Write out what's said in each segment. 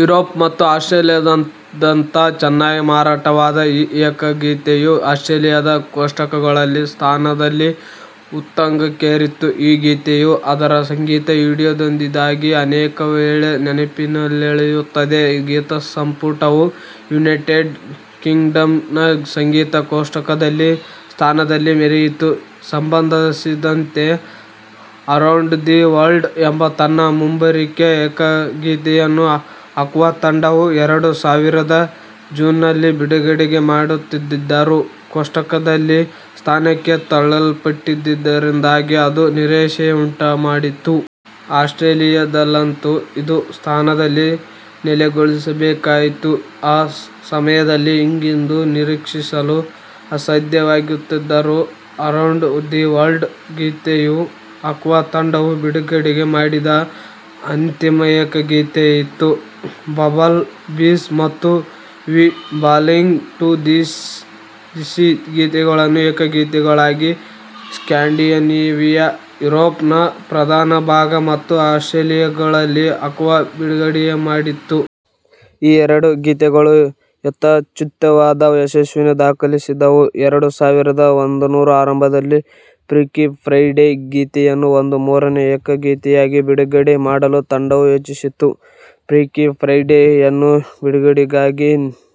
Europe ಮತ್ತು ಆಸ್ಟ್ರೇಲಿಯಾದಾದ್ಯಂತ ಚೆನ್ನಾಗಿ ಮಾರಾಟವಾದ ಈ ಏಕಗೀತೆಯು ಆಸ್ಟ್ರೇಲಿಯಾದ ಕೋಷ್ಟಕಗಳಲ್ಲಿ ಸ್ಥಾನದಲ್ಲಿ ಉತ್ತುಂಗಕ್ಕೇರಿತು. ಈ ಗೀತೆಯು ಅದರ ಸಂಗೀತ ವಿಡಿಯೋದಿಂದಾಗಿ ಅನೇಕವೇಳೆ ನೆನಪಿನಲ್ಲುಳಿಯುತ್ತದೆ. ಗೀತಸಂಪುಟವು ಯುನೈಟೆಡ್ ಕಿಂಗ್ಡಂನ ಸಂಗೀತ ಕೋಷ್ಟಕದಲ್ಲಿ ಸ್ಥಾನದಲ್ಲಿ ಮೆರೆಯಿತು. ಸಂಬಂಧಿಸಿದಂತೆ "ಅರೌಂಡ್ ದಿ ವರ್ಲ್ಡ್" ಎಂಬ ತನ್ನ ಮುಂಬರಿಕೆ ಏಕಗೀತೆಯನ್ನು ಆಕ್ವಾ ತಂಡವು ಎರಡು ಸಾವಿರದ ಜೂನ್ನಲ್ಲಿ ಬಿಡುಗಡೆ ಮಾಡಿತಾದರೂ, ಕೋಷ್ಟಕದಲ್ಲಿ ಸ್ಥಾನಕ್ಕೆ ತಳ್ಳಲ್ಪಟ್ಟಿದ್ದರಿಂದಾಗಿ ಅದು ನಿರಾಶೆಯುಂಟುಮಾಡಿತು. ಆಸ್ಟ್ರೇಲಿಯಾದಲ್ಲಂತೂ ಇದು ಸ್ಥಾನದಲ್ಲಿ ನೆಲೆಗೊಳ್ಳಬೇಕಾಯಿತು. ಆ ಸಮಯದಲ್ಲಿ ಹೀಗೆಂದು ನಿರೀಕ್ಷಿಸಲು ಅಸಾಧ್ಯವಾಗಿತ್ತಾದರೂ, ಅರೌಂಡ್ ದಿ ವರ್ಲ್ಡ್ ಗೀತೆಯು ಆಕ್ವಾ ತಂಡವು ಬಿಡುಗಡೆ ಮಾಡಿದ ಅಂತಿಮ ಏಕಗೀತೆಯಾಯಿತು. "ಬಂಬಲ್ ಬೀಸ್" ಮತ್ತು "we belong to the sea" ಗೀತೆಗಳನ್ನು ಏಕಗೀತೆಗಳಾಗಿ ಸ್ಕ್ಯಾಂಡಿನೇವಿಯಾ, ಯುರೋಪ್ನ ಪ್ರಧಾನಭಾಗ ಮತ್ತು ಆಸ್ಟ್ರೇಲಿಯಾಗಳಲ್ಲಿ ಆಕ್ವಾ ಬಿಡುಗಡೆಮಾಡಿತು. ಈ ಎರಡೂ ಗೀತೆಗಳೂ ಯಥೋಚಿತವಾದ ಯಶಸ್ಸನ್ನು ದಾಖಲಿಸಿದವು. ಎರಡು ಸಾವಿರದ ಒಂದರ ಆರಂಭದಲ್ಲಿ, ಫ್ರೀಕಿ ಫ್ರೈಡೆ ಗೀತೆಯನ್ನು ಒಂದು ಮೂರನೇ ಏಕಗೀತೆಯಾಗಿ ಬಿಡುಗಡೆ ಮಾಡಲು ತಂಡವು ಯೋಜಿಸಿತು. "ಫ್ರೀಕಿ ಫ್ರೈಡೆ"ಯನ್ನು ಬಿಡುಗಡೆಗಾಗಿ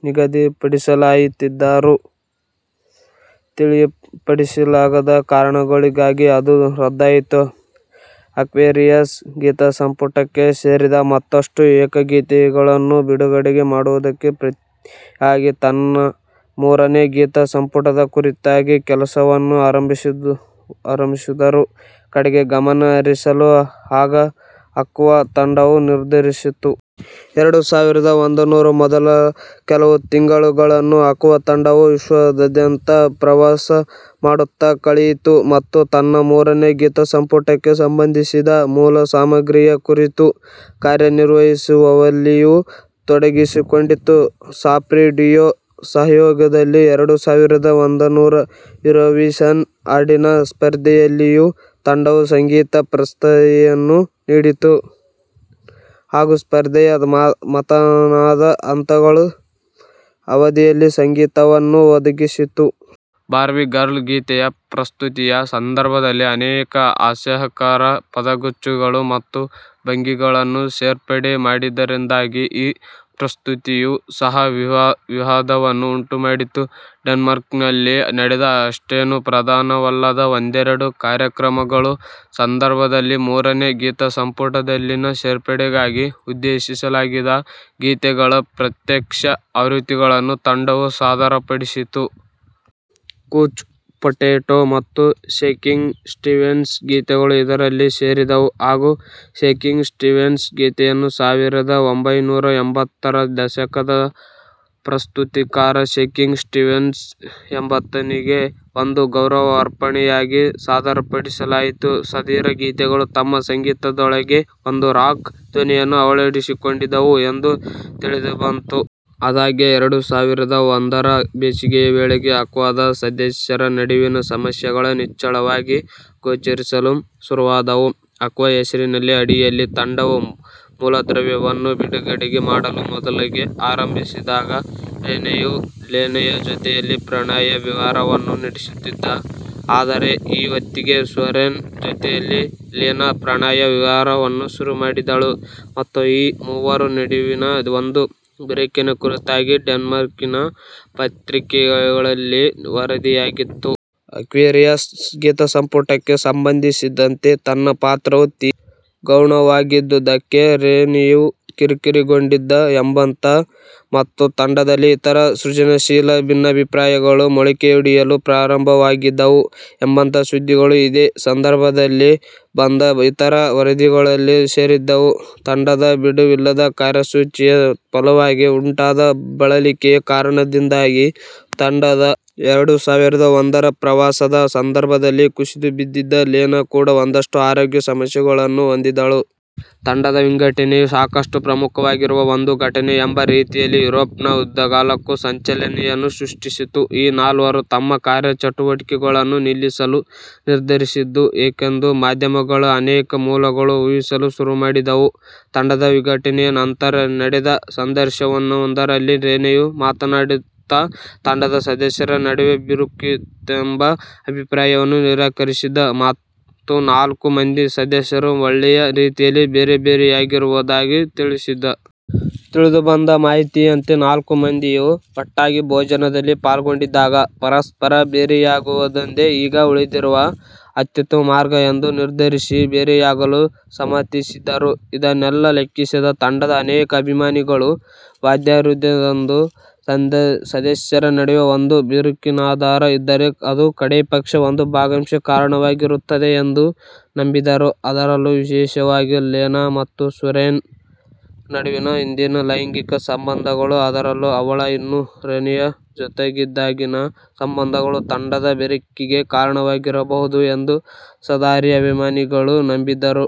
ನಿಗದಿಪಡಿಸಲಾಯಿತಾದರೂ, ತಿಳಿಯಪಡಿಸಲಾಗದ ಕಾರಣಗಳಿಗಾಗಿ ಅದು ರದ್ದಾಯಿತು. ಆಕ್ವೇರಿಯಸ್ ಗೀತಸಂಪುಟಕ್ಕೆ ಸೇರಿದ ಮತ್ತಷ್ಟು ಏಕಗೀತೆಗಳನ್ನು ಬಿಡುಗಡೆ ಮಾಡುವುದಕ್ಕೆ ಪ್ರತಿಯಾಗಿ, ತನ್ನ ಮೂರನೇ ಗೀತಸಂಪುಟದ ಕುರಿತಾಗಿ ಕೆಲಸವನ್ನು ಆರಂಭಿಸುವುದರ ಕಡೆಗೆ ಗಮನ ಹರಿಸಲು ಆಗ ಆಕ್ವಾ ತಂಡವು ನಿರ್ಧರಿಸಿತು. ಎರಡು ಸಾವಿರದ ಒಂದರ ಮೊದಲ ಕೆಲವು ತಿಂಗಳುಗಳನ್ನು ಆಕ್ವಾ ತಂಡವು ವಿಶ್ವದಾದ್ಯಂತ ಪ್ರವಾಸಮಾಡುತ್ತಾ ಕಳೆಯಿತು, ಮತ್ತು ತನ್ನ ಮೂರನೇ ಗೀತಸಂಪುಟಕ್ಕೆ ಸಂಬಂಧಿಸಿದ ಮೂಲಸಾಮಗ್ರಿಯ ಕುರಿತು ಕಾರ್ಯನಿರ್ವಹಿಸುವಲ್ಲಿಯೂ ತೊಡಗಿಸಿಕೊಂಡಿತು. ಸಾಫ್ರಿ ಡ್ಯುಯೊ ಸಹಯೋಗದಲ್ಲಿ ಎರಡು ಸಾವಿರದ ಒಂದರ ಯೂರೋವಿಷನ್ ಹಾಡಿನ ಸ್ಪರ್ಧೆಯಲ್ಲಿಯೂ ತಂಡವು ಸಂಗೀತ ಪ್ರಸ್ತುತಿಯನ್ನು ನೀಡಿತು ಹಾಗೂ ಸ್ಪರ್ಧೆಯ ಮತದಾನದ ಹಂತಗಳ ಅವಧಿಯಲ್ಲಿ ಸಂಗೀತವನ್ನು ಒದಗಿಸಿತು. "ಬಾರ್ಬೀ ಗರ್ಲ್" ಗೀತೆಯ ಪ್ರಸ್ತುತಿಯ ಸಂದರ್ಭದಲ್ಲಿ ಅನೇಕ ಅಸಹ್ಯಕರ ಪದಗುಚ್ಛಗಳು ಮತ್ತು ಭಂಗಿಗಳನ್ನು ಸೇರ್ಪಡೆ ಮಾಡಿದ್ದರಿಂದಾಗಿ, ಈ ಪ್ರಸ್ತುತಿಯೂ ಸಹ ವಿವಾದವನ್ನು ಉಂಟುಮಾಡಿತು. ಡೆನ್ಮಾರ್ಕ್ನಲ್ಲಿ ನಡೆದ ಅಷ್ಟೇನೂ ಪ್ರಧಾನವಲ್ಲದ ಒಂದೆರಡು ಕಾರ್ಯಕ್ರಮಗಳ ಸಂದರ್ಭದಲ್ಲಿ, ಮೂರನೇ ಗೀತಸಂಪುಟದಲ್ಲಿನ ಸೇರ್ಪಡೆಗಾಗಿ ಉದ್ದೇಶಿಸಲಾಗಿದ್ದ ಗೀತೆಗಳ ಪ್ರತ್ಯಕ್ಷ ಆವೃತ್ತಿಗಳನ್ನು ತಂಡವು ಸಾದರಪಡಿಸಿತು. "ಕೂಚ್ ಪೊಟೆಟೊ" ಮತ್ತು "ಷೇಕಿಂಗ್ ಸ್ಟೀವನ್ಸ್ " ಗೀತೆಗಳು ಇದರಲ್ಲಿ ಸೇರಿದ್ದವು ಹಾಗೂ "ಷೇಕಿಂಗ್ ಸ್ಟೀವನ್ಸ್ " ಗೀತೆಯನ್ನು ಸಾವಿರದ ಒಂಭೈನೂರ ಎಂಬತ್ತರ ದಶಕದ ಪ್ರಸ್ತುತಿಕಾರ ಷೇಕಿಂಗ್ ಸ್ಟೀವನ್ಸ್ ಎಂಬಾತನಿಗೆ ಒಂದು ಗೌರವಾರ್ಪಣೆಯಾಗಿ ಸಾದರಪಡಿಸಲಾಯಿತು. ಸದರಿ ಗೀತೆಗಳು ತಮ್ಮ ಸಂಗೀತದೊಳಗೆ ಒಂದು ರಾಕ್ ಧ್ವನಿಯನ್ನು ಅಳವಡಿಸಿಕೊಂಡಿದ್ದವು ಎಂದು ತಿಳಿದುಬಂತು. ಆದಾಗ್ಯೂ ಎರಡು ಸಾವಿರದ ಒಂದರ ಬೇಸಿಗೆಯ ವೇಳೆಗೆ ಆಕ್ವಾದ ಸದಸ್ಯರ ನಡುವಿನ ಸಮಸ್ಯೆಗಳು ನಿಚ್ಚಳವಾಗಿ ಗೋಚರಿಸಲು ಶುರುವಾದವು. ಆಕ್ವಾ ಹೆಸರಿನ ಅಡಿಯಲ್ಲಿ ತಂಡವು ಮೂಲದ್ರವ್ಯವನ್ನು ಬಿಡುಗಡೆ ಮಾಡಲು ಮೊದಲಿಗೆ ಆರಂಭಿಸಿದಾಗ, ರೆನೆಯು ಲೆನೆಯ ಜೊತೆಯಲ್ಲಿ ಪ್ರಣಯ-ವಿಹಾರವನ್ನು ನಡೆಸುತ್ತಿದ್ದ. ಆದರೆ, ಈ ಹೊತ್ತಿಗೆ ಸೋರೆನ್ ಜೊತೆಯಲ್ಲಿ ಲೆನೆ ಪ್ರಣಯ-ವಿಹಾರವನ್ನು ಶುರುಮಾಡಿದ್ದಳು, ಮತ್ತು ಈ ಮೂವರ ನಡುವಿನ ಒಂದು ಬಿರುಕಿನ ಕುರಿತಾಗಿ ಡೆನ್ಮಾರ್ಕಿನ ಪತ್ರಿಕೆಗಳಲ್ಲಿ ವರದಿಯಾಗಿತ್ತು. ಆಕ್ವೇರಿಯಸ್ ಗೀತಸಂಪುಟಕ್ಕೆ ಸಂಬಂಧಿಸಿದಂತೆ ತನ್ನ ಪಾತ್ರವು ತೀರಾ ಗೌಣವಾಗಿದ್ದುದಕ್ಕೆ ರೆನೆಯು ಕಿರಿಕಿರಿಗೊಂಡಿದ್ದ ಎಂಬಂಥ, ಮತ್ತು ತಂಡದಲ್ಲಿ ಇತರ ಸೃಜನಶೀಲ ಭಿನ್ನಾಭಿಪ್ರಾಯಗಳು ಮೊಳಕೆಯೊಡೆಯಲು ಪ್ರಾರಂಭವಾಗಿದ್ದವು ಎಂಬಂಥ ಸುದ್ದಿಗಳು ಇದೇ ಸಂದರ್ಭದಲ್ಲಿ ಬಂದ ಇತರ ವರದಿಗಳಲ್ಲಿ ಸೇರಿದ್ದವು. ತಂಡದ ಬಿಡುವಿಲ್ಲದ ಕಾರ್ಯಸೂಚಿಯ ಫಲವಾಗಿ ಉಂಟಾದ ಬಳಲಿಕೆಯ ಕಾರಣದಿಂದಾಗಿ, ತಂಡದ ಎರಡು ಸಾವಿರದ ಒಂದರ ಪ್ರವಾಸದ ಸಂದರ್ಭದಲ್ಲಿ ಕುಸಿದುಬಿದ್ದಿದ್ದ ಲೆನೆ ಕೂಡಾ ಒಂದಷ್ಟು ಆರೋಗ್ಯ ಸಮಸ್ಯೆಗಳನ್ನು ಹೊಂದಿದ್ದಳು. ತಂಡದ ವಿಘಟನೆಯು ಸಾಕಷ್ಟು ಪ್ರಮುಖವಾಗಿರುವ ಒಂದು ಘಟನೆ ಎಂಬ ರೀತಿಯಲ್ಲಿ ಯುರೋಪ್ನ ಉದ್ದಗಲಕ್ಕೂ ಸಂಚಲನೆಯನ್ನು ಸೃಷ್ಟಿಸಿತು. ಈ ನಾಲ್ವರೂ ತಮ್ಮ ಕಾರ್ಯಚಟುವಟಿಕೆಗಳನ್ನು ನಿಲ್ಲಿಸಲು ನಿರ್ಧರಿಸಿದ್ದು ಏಕೆಂದು ಮಾಧ್ಯಮಗಳ ಅನೇಕ ಮೂಲಗಳು ಊಹಿಸಲು ಶುರುಮಾಡಿದವು. ತಂಡದ ವಿಘಟನೆಯ ನಂತರ ನಡೆದ ಸಂದರ್ಶನವೊಂದರಲ್ಲಿ ರೆನೆಯು ಮಾತನಾಡುತ್ತಾ, ತಂಡದ ಸದಸ್ಯರ ನಡುವೆ ಬಿರುಕಿತ್ತೆಂಬ ಅಭಿಪ್ರಾಯವನ್ನು ನಿರಾಕರಿಸಿದ ಮತ್ತು ನಾಲ್ಕೂ ಮಂದಿ ಸದಸ್ಯರು ಒಳ್ಳೆಯ ರೀತಿಯಲ್ಲೇ ಬೇರೆಬೇರೆಯಾಗಿರುವುದಾಗಿ ತಿಳಿಸಿದ. ತಿಳಿದುಬಂದ ಮಾಹಿತಿಯಂತೆ, ನಾಲ್ಕೂ ಮಂದಿಯೂ ಒಟ್ಟಾಗಿ ಭೋಜನದಲ್ಲಿ ಪಾಲ್ಗೊಂಡಿದ್ದಾಗ "ಪರಸ್ಪರ ಬೇರೆಯಾಗುವುದೊಂದೇ ಈಗ ಉಳಿದಿರುವ ಅತ್ಯುತ್ತಮ ಮಾರ್ಗ" ಎಂದು ನಿರ್ಧರಿಸಿ, ಬೇರೆಯಾಗಲು ಸಮ್ಮತಿಸಿದ್ದರು. ಇದನ್ನೆಲ್ಲ ಲೆಕ್ಕಿಸದ ತಂಡದ ಅನೇಕ ಅಭಿಮಾನಿಗಳು, ವಾದ್ಯವೃಂದದ ಸದಸ್ಯರ ನಡುವೆ ಒಂದು ಬಿರುಕೇನಾದರೂ ಇದ್ದರೆ ಅದು ಕಡೇಪಕ್ಷ ಒಂದು ಭಾಗಶಃ ಕಾರಣವಾಗಿರುತ್ತದೆ ಎಂದು ನಂಬಿದ್ದರು; ಅದರಲ್ಲೂ ವಿಶೇಷವಾಗಿ, ಲೆನೆ ಮತ್ತು ಸೋರೆನ್ ನಡುವಿನ ಹಿಂದಿನ ಲೈಂಗಿಕ ಸಂಬಂಧಗಳು, ಅದರಲ್ಲೂ ಅವಳು ಇನ್ನೂ ರೆನೆಯ ಜೊತೆಗಿದ್ದಾಗಿನ ಸಂಬಂಧಗಳು ತಂಡದ ಬಿರುಕಿಗೆ ಕಾರಣವಾಗಿರಬಹುದು ಎಂದು ಸದರಿ ಅಭಿಮಾನಿಗಳು ನಂಬಿದ್ದರು.